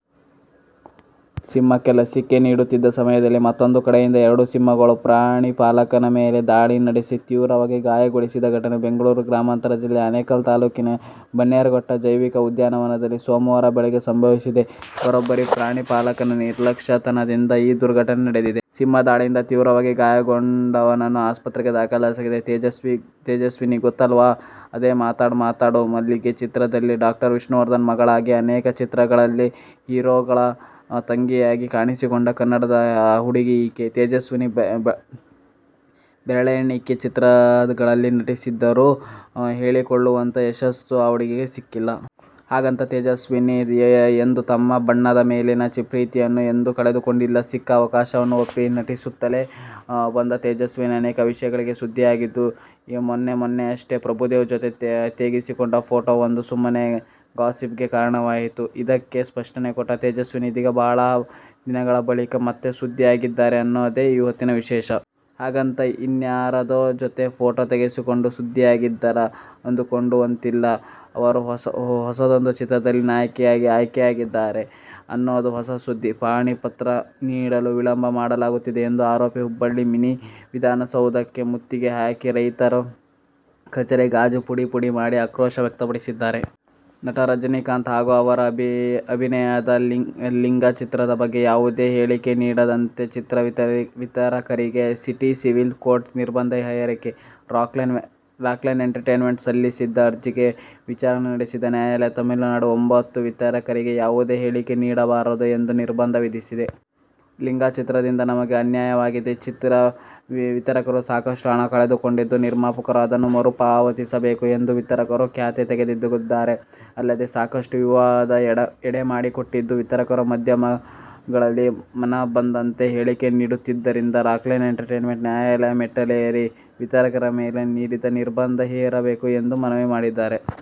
ಸಿಂಹಕ್ಕೆ ಲಸಿಕೆ ನೀಡುತ್ತಿದ್ದ ಸಮಯದಲ್ಲಿ ಮತ್ತೂಂದು ಕಡೆಯಿಂದ ಎರಡು ಸಿಂಹಗಳು ಪ್ರಾಣಿ ಪಾಲಕನ ಮೇಲೆ ದಾಳಿ ನಡೆಸಿ ತೀವ್ರವಾಗಿ ಗಾಯಗೊಳಿಸಿದ ಘಟನೆ ಬೆಂಗಳೂರು ಗ್ರಾಮಾಂತರ ಜಿಲ್ಲೆಯ ಆನೇಕಲ್ ತಾಲೂಕಿನ ಬನ್ನೇರುಘಟ್ಟ ಜೈವಿಕ ಉದ್ಯಾನವನದಲ್ಲಿ ಸೋಮವಾರ ಬೆಳಗ್ಗೆ ಸಂಭವಿಸಿದೆ. ಬೇರೊಬ್ಬ ಪ್ರಾಣಿ ಪಾಲಕನ ನಿರ್ಲಕ್ಷ್ಯತನದಿಂದ ಈ ದುರ್ಘಟನೆ ನಡೆದಿದೆ. ಸಿಂಹ ದಾಳಿಯಿಂದ ತೀವ್ರವಾಗಿ ಗಾಯಗೊಂಡವನನ್ನು ಆಸ್ಪತ್ರೆಗೆ ದಾಖಲಿಸಲಾಗಿದೆ. ತೇಜಸ್ವಿನಿ ಗೊತ್ತಲ್ವಾ? ಅದೇ "ಮಾತಾಡ್ ಮಾತಾಡು ಮಲ್ಲಿಗೆ' ಚಿತ್ರದಲ್ಲಿ ಡಾ. ವಿಷ್ಣುವರ್ಧನ್ ಮಗಳಾಗಿ, ಅನೇಕ ಚಿತ್ರಗಳಲ್ಲಿ ಹೀರೋಗಳ ತಂಗಿಯಾಗಿ ಕಾಣಿಸಿಕೊಂಡ ಕನ್ನಡದ ಹುಡುಗಿ ಈಕೆ. ತೇಜಸ್ವಿನಿ ಬೆರಳೆಣಿಕೆ ಚಿತ್ರಗಳಲ್ಲಿ ನಟಿಸಿದ್ದರೂ ಹೇಳಿಕೊಳ್ಳುವಂತಹ ಯಶಸ್ಸು ಈ ಹುಡುಗಿಗೆ ಸಿಕ್ಕಿಲ್ಲ. ಹಾಗಂತ, ತೇಜಸ್ವಿನಿ ಎಂದೂ ತಮ್ಮ ಬಣ್ಣದ ಮೇಲಿನ ಪ್ರೀತಿಯನ್ನ ಎಂದೂ ಕಳೆದುಕೊಂಡಿಲ್ಲ. ಸಿಕ್ಕ ಅವಕಾಶವನ್ನು ಒಪ್ಪಿ ನಟಿಸುತ್ತಲೇ ಬಂದ ತೇಜಸ್ವಿನಿ, ಅನೇಕ ವಿಷಯಗಳಿಗೆ ಸುದ್ದಿಯಾಗಿದ್ದೂ ಇದೆ. ಮೊನ್ನೆ ಮೊನ್ನೆಯಷ್ಟೇ, ಪ್ರಭುದೇವ್ ಜತೆ ತೆಗೆಸಿಕೊಂಡ ಫೋಟೋವೊಂದು ಸುಮ್ಮನೆ ಗಾಸಿಪ್ಗೆ ಕಾರಣವಾಯಿತು. ಅದಕ್ಕೆ ಸ್ಪಷ್ಟನೆ ಕೊಟ್ಟ ತೇಜಸ್ವಿನಿ, ಇದೀಗ ಬಹಳ ದಿನಗಳ ಬಳಿಕ ಮತ್ತೆ ಸುದ್ದಿಯಾಗಿದ್ದಾರೆ ಅನ್ನೋದೆ ಈ ಹೊತ್ತಿನ ವಿಶೇಷ. ಹಾಗಂತ ಇನ್ಯಾರದೋ ಜತೆ ಫೋಟೋ ತೆಗೆಸಿಕೊಂಡು ಸುದ್ದಿಯಾಗಿದ್ದಾರಾ ಅಂದುಕೊಳ್ಳುವಂತಿಲ್ಲ. ಅವರು ಹೊಸದೊಂದು ಚಿತ್ರದಲ್ಲಿ ನಾಯಕಿಯಾಗಿ ಆಯ್ಕೆಯಾಗಿದ್ದಾರೆ ಅನ್ನೋದೇ ಹೊಸ ಸುದ್ದಿ. ಪಹಣಿ ಪತ್ರ ನೀಡಲು ವಿಳಂಬ ಮಾಡಲಾಗುತ್ತಿದೆ ಎಂದು ಆರೋಪಿಸಿ ಹುಬ್ಬಳ್ಳಿ ಮಿನಿ ವಿಧಾನಸೌಧಕ್ಕೆ ಮುತ್ತಿಗೆ ಹಾಕಿದ ರೈತರು, ಕಚೇರಿ ಗಾಜು ಪುಡಿಪುಡಿ ಮಾಡಿ ಆಕ್ರೋಶ ವ್ಯಕ್ತಪಡಿಸಿದ್ದಾರೆ. ನಟ ರಜನಿಕಾಂತ್ ಹಾಗೂ ಅವರ ಅಭಿನಯದ "ಲಿಂಗಾ' ಚಿತ್ರದ ಬಗ್ಗೆ ಯಾವುದೇ ಹೇಳಿಕೆ ನೀಡದಂತೆ ಚಿತ್ರ ವಿತರಕರಿಗೆ ಸಿಟಿ ಸಿವಿಲ್ ಕೋರ್ಟ್ ನಿರ್ಬಂಧ ಹೇರಿದೆ. ರಾಕ್ಲೈನ್ ಎಂಟರ್ಟೇನ್ಮೆಂಟ್ ಸಲ್ಲಿಸಿದ್ದ ಅರ್ಜಿಯ ವಿಚಾರಣೆ ನಡೆಸಿದ ನ್ಯಾಯಾಲಯ, ತಮಿಳುನಾಡಿನ ಒಂಭತ್ತು ವಿತರಕರಿಗೆ ಯಾವುದೇ ಹೇಳಿಕೆಗಳನ್ನು ನೀಡಬಾರದು ಎಂದು ನಿರ್ಬಂಧ ವಿಧಿಸಿದೆ. "ಲಿಂಗಾ ಚಿತ್ರದಿಂದ ನಮಗೆ ಅನ್ಯಾಯವಾಗಿದೆ. ಚಿತ್ರ ವಿತರಕರು ಸಾಕಷ್ಟು ಹಣ ಕಳೆದುಕೊಂಡಿದ್ದು, ನಿರ್ಮಾಪಕರು ಅದನ್ನು ಮರುಪಾವತಿಸಬೇಕು' ಎಂದು ವಿತರಕರು ಕ್ಯಾತೆ ತೆಗೆದಿದ್ದರು. ಅಲ್ಲದೆ, ಇದು ಸಾಕಷ್ಟು ವಿವಾದಕ್ಕೆ ಎಡೆಮಾಡಿಕೊಟ್ಟಿತ್ತು. ವಿತರಕರು ಮಾಧ್ಯಮಗಳಲ್ಲಿ ಮನಬಂದಂತೆ ಹೇಳಿಕೆ ನೀಡುತ್ತಿದ್ದರಿಂದ ರಾಕ್ಲೈನ್ ಎಂಟರ್ಟೇನ್ಮೆಂಟ್ ನ್ಯಾಯಾಲಯದ ಮೆಟ್ಟಿಲೇರಿ, ವಿತರಕರು ಹೇಳಿಕೆ ನೀಡದಂತೆ ನಿರ್ಬಂಧ ಹೇರಬೇಕು ಎಂದು ಮನವಿ ಮಾಡಿತ್ತು.